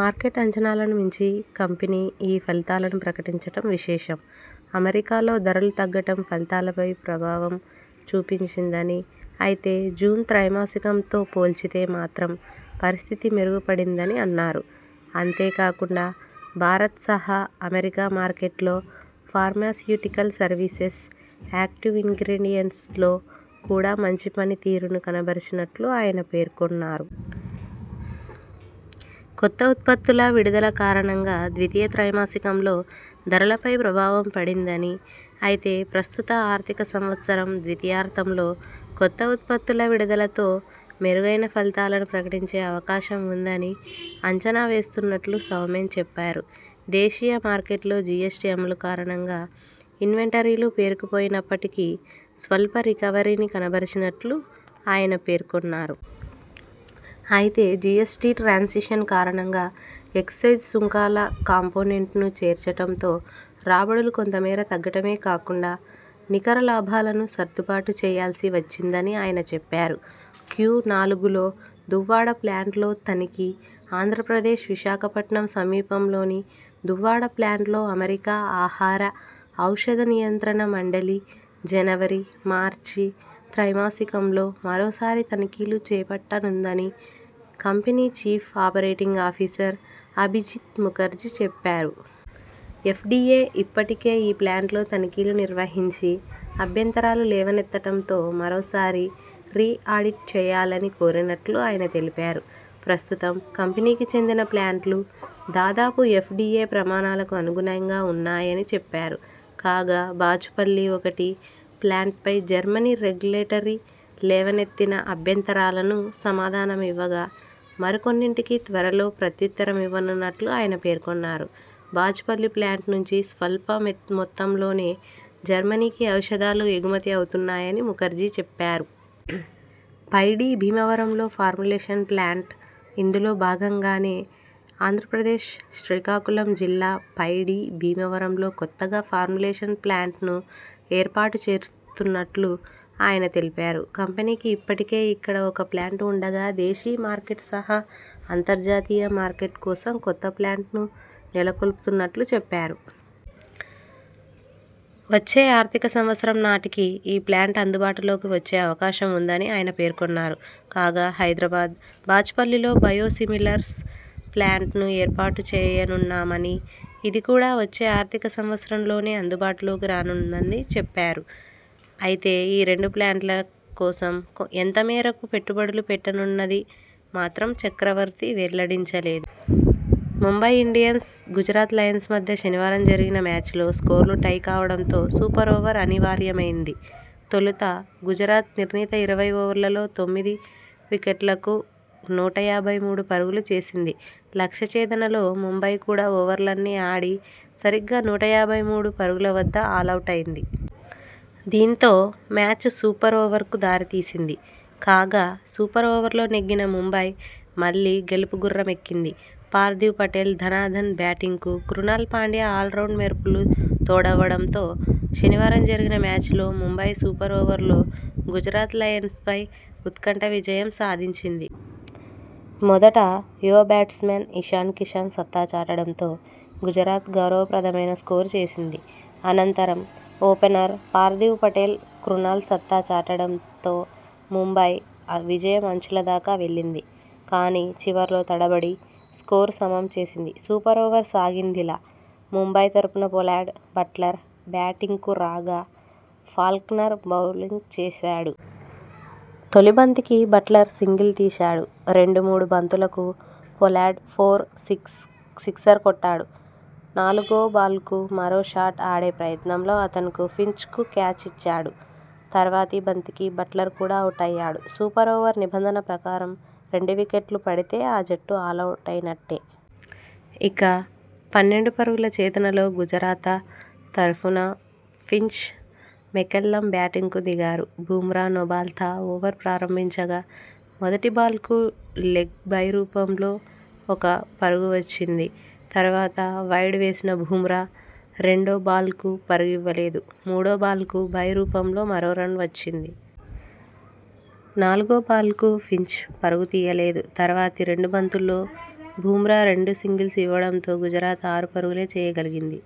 Market అంచనాలను మించి company ఈ ఫలితాలను ప్రకటించటం విశేషం. అమెరికా లో ధరలు తగ్గటం ఫలితాలపై ప్రభావం చూపించిందని అయితే జూన్ త్రైమాసికం తో పోల్చితే మాత్రం పరిస్థితి మెరుగు పడిందని అన్నారు. అంతే కాకుండా భారత్ సహా అమెరికా మార్కెట్లో ఫార్మాస్యుటికల్ సర్వీసెస్, యాక్టివ్ ఇన్గ్రిడియెంట్స్ లో కూడా మంచి పని తీరును కనబరిచినట్లు ఆయన పేర్కొన్నారు. కొత్త ఉత్పత్తుల విడుదల కారణంగా ద్వితీయ త్రైమాసికంలో ధరలపై ప్రభావం పడిందని, అయితే ప్రస్తుత ఆర్థిక సంవత్సరం ద్వితీయార్థం లో కొత్త ఉత్పత్తుల విడుదల తో మెరుగైన ఫలితాలను ప్రకటించే అవకాశం ఉందని అంచనా వేస్తున్నట్లు సౌమెన్ చెప్పారు. దేశీయ మార్కెట్లో జిఎస్టి అమలు కారణంగా ఇన్వెంటరీలు పేరుకు పోయినప్పటికీ స్వల్ప రికవరీని కనబరిచినట్లు ఆయన పేర్కొన్నారు. అయితే జిఎస్టి ట్రాన్సిషన్ కారణంగా ఎక్సైజ్ సుంకాల కాంపోనెంట్ను చేర్చటంతో రాబడులు కొంత మేర తగ్గటమే కాకుండా నికర లాభాలను సర్దుబాటు చేయాల్సి వచ్చిందని ఆయన చెప్పారు. క్యునాలుగులో దువ్వాడ ప్లాంట్లో తనిఖీ, ఆంధ్రప్రదేశ్ విశాఖపట్నం సమీపంలోని దువ్వాడ ప్లాంట్లో అమెరికా ఆహార, ఔషధ నియంత్రణ మండలి జనవరి, మార్చి త్రైమాసికంలో మరో సారి తనిఖీలు చేపట్ట నుందని company chief operating officer Abhijit Mukherjee చెప్పారు. ఎఫ్డిఎ ఇప్పటికే ఈ ప్లాంట్లో తనిఖీలు నిర్వహించి అభ్యంతరాలు లేవనెత్తటంతో మరోసారి రీ ఆడిట్ చేయాలని కోరినట్లు ఆయన తెలిపారు. ప్రస్తుతం కంపెనీకి చెందిన ప్లాంట్లు దాదాపు ఎఫ్డిఎ ప్రమాణాలకు అనుగుణంగా ఉన్నాయని చెప్పారు. కాగా బాచుపల్లి ఒకటి ప్లాంట్పై జర్మనీ రెగ్యు లేటరీ లేవనెత్తిన అభ్యంతరాలకు సమాధానమివ్వగా మరికొన్నింటికి త్వరలో ప్రత్యుత్తరమివ్వనున్నట్లు ఆయన పేర్కొన్నారు, బాచుపల్లి ప్లాంట్ నుంచి స్వల్ప మొత్తంలోనే జర్మనీకి ఔషధాలు ఎగుమతి అవుతున్నాయని ముఖర్జీ చెప్పారు. పైడి భీమవరంలో ఫార్ములేషన్స్ ప్లాంట్.. ఇందులో భాగంగానే ఆంధ్రప్రదేశ్ శ్రీకాకుళం జిల్లా పైడి భీమవరంలో కొత్తగా ఫార్ములేషన్ ప్లాంట్ను ఏర్పాటు చేస్తున్నట్లు ఆయన తెలిపారు. కంపెనీకి ఇప్పటికే ఇక్కడ ఒక ప్లాంట్ ఉండగా దేశీ మార్కెట్ సహా అంతర్జాతీయ మార్కెట్ కోసం కొత్త ప్లాంట్ను నెలకొల్పుతున్నట్లు చెప్పారు. వచ్చే ఆర్థిక సంవత్సరం నాటి కి ఈ ప్లాంట్ అందుబాటులోకి వచ్చే అవకాశం ఉందని ఆయన పేర్కొన్నారు. కాగా హైదరాబాద్, బాచుపల్లిలో బయోసిమిలర్స్ ప్లాంట్ను ఏర్పాటు చేయనున్నామని, ఇది కూడా వచ్చే ఆర్థిక సంవత్సరంలోనే అందుబాటులోకి రానుందని చెప్పారు. అయితే ఈ రెండు ప్లాంట్ల కోసం ఎంత మేరకు పెట్టుబడులు పెట్టనున్నది మాత్రం చక్రవర్తి వెల్లడించలేదు. ముంబై ఇండియన్స్, గుజరాత్ లయన్స్ మధ్య శనివారం జరిగిన మ్యాచ్ లో స్కోర్లు టై కావడంతో సూపర్ ఓవర్ అనివార్య మైంది. తొలుత గుజరాత్ నిర్ణీత ఇరవై ఓవర్లలో తొమ్మిది వికెట్లకు నూట యాభై మూడు పరుగులు చేసింది. లక్ష్య ఛేదనలో ముంబై కూడా ఓవర్లన్నీ ఆడి సరిగ్గా నూట యాభై మూడు పరుగుల వద్ద ఆలౌటైంది. దీంతో మ్యాచ్ సూపర్ ఓవర్కు దారితీసింది. కాగా, సూపర్ ఓవర్లో నెగ్గిన ముంబై మళ్లీ గెలుపు గుర్ర మెక్కింది. పార్థివ్ పటేల్ ధనాధన్ బ్యాటింగ్కు క్రునాల్ పాండ్యా ఆల్రౌండ్ మెరుపులు తోడవడంతో శనివారం జరిగిన మ్యాచ్లో ముంబై సూపర్ ఓవర్లో గుజరాత్ లయన్స్పై ఉత్కంఠ విజయం సాధించింది. మొదట యువ బ్యాట్స్మన్ ఇషాన్ కిషన్ సత్తా చాటడంతో గుజరాత్ గౌరవ ప్రదమైన స్కోరు చేసింది. అనంతరం ఓపెనర్ పార్థివ్ పటేల్ క్రునాల్ సత్తా చాటడంతో ముంబై విజయం అంచుల దాకా వెళ్లింది. కానీ, చివర్లో తడ బడి స్కోరు సమం చేసింది. సూపర్ ఓవర్ సాగిందిలా, ముంబై తరఫున పొలార్డ్, బట్లర్ బ్యాటింగ్కు రాగా, ఫాల్క్నర్ బౌలింగ్ చేశాడు. తొలి బంతికి బట్లర్ సింగిల్ తీశాడు. రెండు, మూడు బంతులకు పొలార్డ్ ఫోర్, సిక్సర్ కొట్టాడు. నాలుగో బాల్కు మరో షాట్ ఆడే ప్రయత్నంలో అతను ఫించ్కు క్యాచ్ ఇచ్చాడు. తర్వాతి బంతికి బట్లర్ కూడా అవుటయ్యాడు. సూపర్ ఓవర్ నిబంధన ప్రకారం రెండు వికెట్లు పడితే ఆ జట్టు ఆలౌటైనట్టే. ఇక, పన్నెండు పరుగుల ఛేదనలో గుజరాత తరఫున ఫించ్, మెకల్లమ్ బ్యాటింగ్కు దిగారు. బుమ్రా నోబాల్తో ఓవర్ ప్రారంభించగా, మొదటి బాల్కు లెగ్ బై రూపంలో ఒక పరుగు వచ్చింది. తర్వాత వైడ్ వేసిన బుమ్రా, రెండో బాల్కు పరుగివ్వ లేదు. మూడో బాల్కు బై రూపంలో మరో రన్ వచ్చింది. నాలుగో బాల్కు ఫించ్ పరుగు తీయలేదు. తర్వాతి రెండు బంతుల్లో బుమ్రా రెండు సింగిల్స్ ఇవ్వడంతో గుజరాత్ ఆరు పరుగులే చేయ గలిగింది.